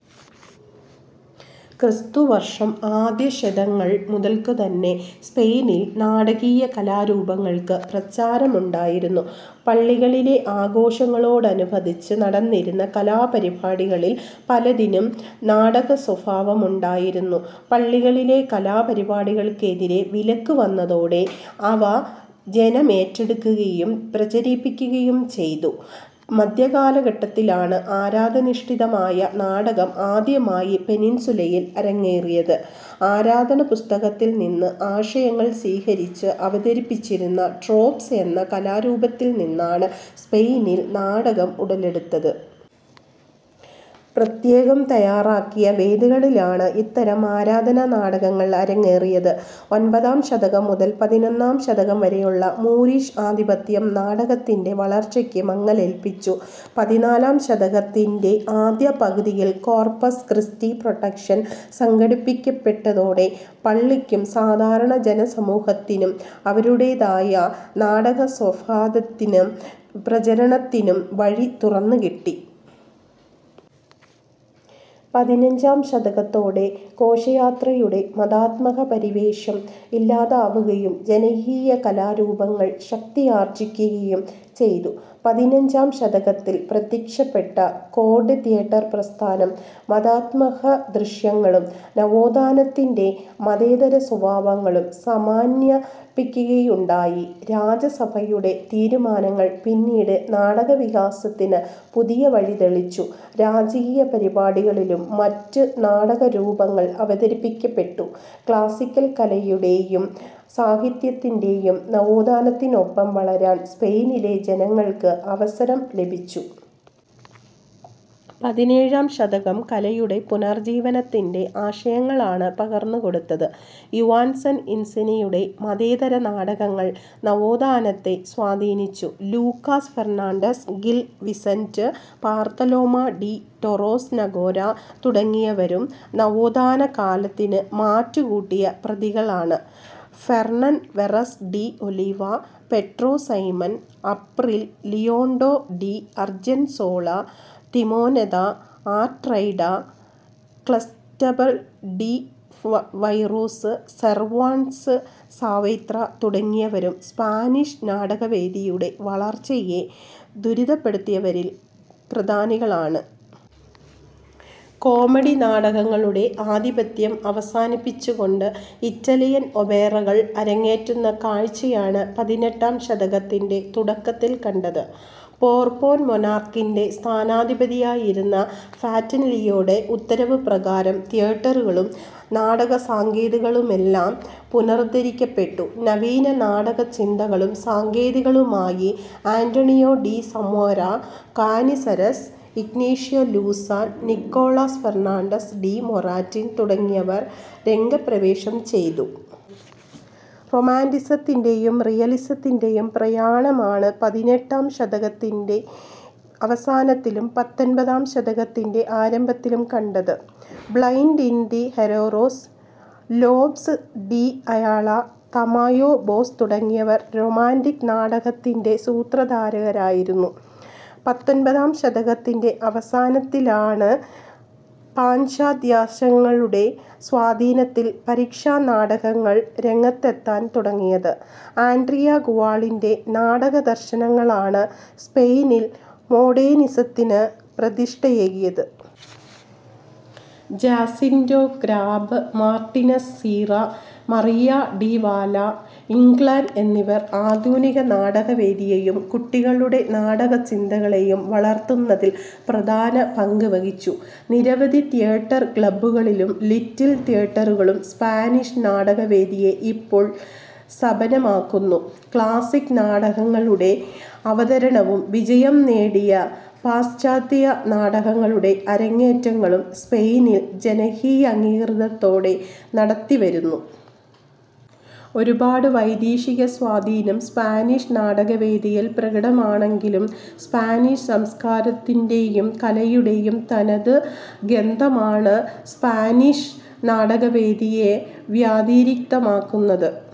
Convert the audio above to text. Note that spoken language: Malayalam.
ക്രിസ്തുവർഷം ആദ്യശതകങ്ങൾ മുതൽക്കുതന്നെ സ്പെയിനിൽ നാടകീയ കലാരൂപങ്ങൾക്ക് പ്രചാരമുണ്ടായിരുന്നു. പള്ളികളിലെ ആഘോഷങ്ങളോടനുബന്ധിച്ച് നടന്നിരുന്ന കലാപരിപാടികളിൽ പലതിനും നാടകസ്വഭാവമുണ്ടായിരുന്നു. പള്ളികളിലെ കലാപരിപാടികൾക്കെതിരെ വിലക്ക് വന്നതോടെ, അവ ജനം ഏറ്റെടുക്കുകയും പ്രചരിപ്പിക്കുകയും ചെയ്തു. മധ്യകാലഘട്ടത്തിലാണ് ആരാധനാധിഷ്ഠിതമായ നാടകം ആദ്യമായി പെനിൻസുലയിൽ അരങ്ങേറിയത്. ആരാധനാപുസ്തകത്തിൽനിന്ന് ആശയങ്ങൾ സ്വീകരിച്ച് അവതരിപ്പിച്ചിരുന്ന ട്രോപ്സ് എന്ന കലാരൂപത്തിൽനിന്നാണ് സ്പെയിനിൽ നാടകം ഉടലെടുത്തത്. പ്രത്യേകം തയ്യാറാക്കിയ വേദികളിലാണ് ഇത്തരം ആരാധനാ നാടകങ്ങൾ അരങ്ങേറിയത്. ഒൻപതാം ശതകം മുതൽ പതിനൊന്നാം ശതകം വരെയുള്ള മൂറിഷ് ആധിപത്യം നാടകത്തിൻ്റെ വളർച്ചക്ക് മങ്ങലേൽപ്പിച്ചു. പതിനാലാം ശതകത്തിൻ്റെ ആദ്യപകുതിയിൽ കോർപ്പസ് ക്രിസ്റ്റി പ്രൊഡക്ഷൻ സംഘടിപ്പിക്കപ്പെട്ടതോടെ, പള്ളിക്കും സാധാരണ ജനസമൂഹത്തിനും അവരുടേതായ നാടകാസ്വാദത്തിനും പ്രചരണത്തിനും വഴി തുറന്നുകിട്ടി. പതിനഞ്ചാം ശതകത്തോടെ, ഘോഷയാത്രയുടെ മതാത്മക പരിവേഷം ഇല്ലാതാവുകയും ജനകീയകലാരൂപങ്ങൾ ശക്തിയാർജിക്കുകയും ചെയ്തു. പതിനഞ്ചാം ശതകത്തിൽ പ്രത്യക്ഷപ്പെട്ട കോർട്ട് തിയേറ്റർ പ്രസ്ഥാനം മതാത്മകദൃശ്യങ്ങളും നവോത്ഥാനത്തിൻ്റെ മതേതര സ്വഭാവങ്ങളും സമന്വയിപ്പിക്കുകയുണ്ടായി. രാജസഭയുടെ തീരുമാനങ്ങൾ, പിന്നീട് നാടകവികാസത്തിന് പുതിയ വഴി തെളിച്ചു. രാജകീയ പരിപാടികളിലും മറ്റും നാടകരൂപങ്ങൾ അവതരിക്കപ്പെട്ടു. ക്ലാസ്സിക്കൽ കലയുടെയും സാഹിത്യത്തിൻ്റെയും നവോത്ഥാനത്തിനൊപ്പം വളരാൻ സ്പെയിനിലെ ജനങ്ങൾക്ക് അവസരം ലഭിച്ചു. പതിനേഴാം ശതകം, കലയുടെ പുനരുജ്ജീവനത്തിൻ്റെ ആശയങ്ങളാണ് പകർന്നു കൊടുത്തത്. യുവാൻ ഡെൽ ഇൻസിനയുടെ മതേതര നാടകങ്ങൾ നവോത്ഥാനത്തെ സ്വാധീനിച്ചു. Lucas Fernandez, Gil Vicente, Bartolome de Torres Naharro തുടങ്ങിയവരും നവോത്ഥാനകാലത്തിന് മാറ്റു കൂട്ടിയ പ്രതിഭകളാണ്. Hernan Perez de Oliva, Pedro Simon Abril, Leonardo de Argensola, Timoneda, Artieda, Cristobal de Virues, Cervantes Saavedra തുടങ്ങിയവരും സ്പാനിഷ് നാടകവേദിയുടെ വളർച്ചയെ ത്വരിതപ്പെടുത്തിയവരിൽ പ്രധാനികളാണ്. കോമഡി നാടകങ്ങളുടെ ആധിപത്യം അവസാനിപ്പിച്ചുകൊണ്ട് ഇറ്റാലിയൻ ഓപ്പറെകൾ അരങ്ങേറുന്ന കാഴ്ചയാണ് പതിനെട്ടാം ശതകത്തിൻ്റെ തുടക്കത്തിൽ കണ്ടത്. ബോർബോൺ മൊണാർക്കിൻ്റെ സ്ഥാനപതിയായിരുന്ന ഫാറിനെല്ലിയുടെ ഉത്തരവുപ്രകാരം തിയേറ്ററുകളും നാടകസങ്കേതങ്ങളുമെല്ലാം പുനരുദ്ധരിക്കപ്പെട്ടു. നവീന നാടകചിന്തകളും സങ്കേതങ്ങളുമായി Antonio de Zamora, Canizares, Ignacio Luzan, Nicolas Fernandez de Moratin തുടങ്ങിയവർ രംഗപ്രവേശം ചെയ്തു. റൊമാന്റിസിസത്തിൻ്റെയും റിയലിസത്തിൻ്റെയും പ്രയാണമാണ് പതിനെട്ടാം ശതകത്തിൻ്റെ അവസാനത്തിലും പത്തൊൻപതാം ശതകത്തിൻ്റെ ആരംഭത്തിലും കണ്ടത്. Breton de Herreros, Lopez de Ayala, Tamayo Baus തുടങ്ങിയവർ റൊമാന്റിക് നാടകത്തിൻ്റെ സൂത്രധാരകരായിനിന്നു. പത്തൊൻപതാം ശതകത്തിൻ്റെ അവസാനത്തിലാണ്, പാശ്ചാത്യാശയങ്ങളുടെ സ്വാധീനത്തിൽ പരീക്ഷണനാടകങ്ങൾ രംഗത്തെത്താൻ തുടങ്ങിയത്. ആൻട്രിയാ ഗുവാളിൻ്റെ നാടകദർശനങ്ങളാണ് സ്പെയിനിൽ മോഡേണിസത്തിന് പ്രതിഷ്ഠയേകിയത്. Jacinto Grau, Martinez Sierra, Maria de Valle Inclan എന്നിവർ ആധുനിക നാടകവേദിയെയും കുട്ടികളുടെ നാടകചിന്തകളെയും വളർത്തുന്നതിൽ പ്രധാന പങ്ക് വഹിച്ചു. നിരവധി തിയേറ്റർ ക്ലബ്ബുകളും ലിറ്റിൽ തിയേറ്ററുകളും സ്പാനിഷ് നാടകവേദിയെ ഇപ്പോൾ സമ്പന്നമാക്കുന്നു. ക്ലാസ്സിക് നാടകങ്ങളുടെ അവതരണവും വിജയം നേടിയ പാശ്ചാത്യ നാടകങ്ങളുടെ അരങ്ങേറ്റങ്ങളും സ്പെയിനിൽ ജനകീയാംഗീകാരത്തോടെ നടത്തിവരുന്നു. ഒരുപാട് വൈദേശിക സ്വാധീനം സ്പാനിഷ് നാടകവേദിയിൽ പ്രകടമാണെങ്കിലും, സ്പാനിഷ് സംസ്കാരത്തിൻ്റെയും കലയുടെയും തനതു ഗന്ധമാണ് സ്പാനിഷ് നാടകവേദിയെ വ്യതിരിക്തമാക്കുന്നത്.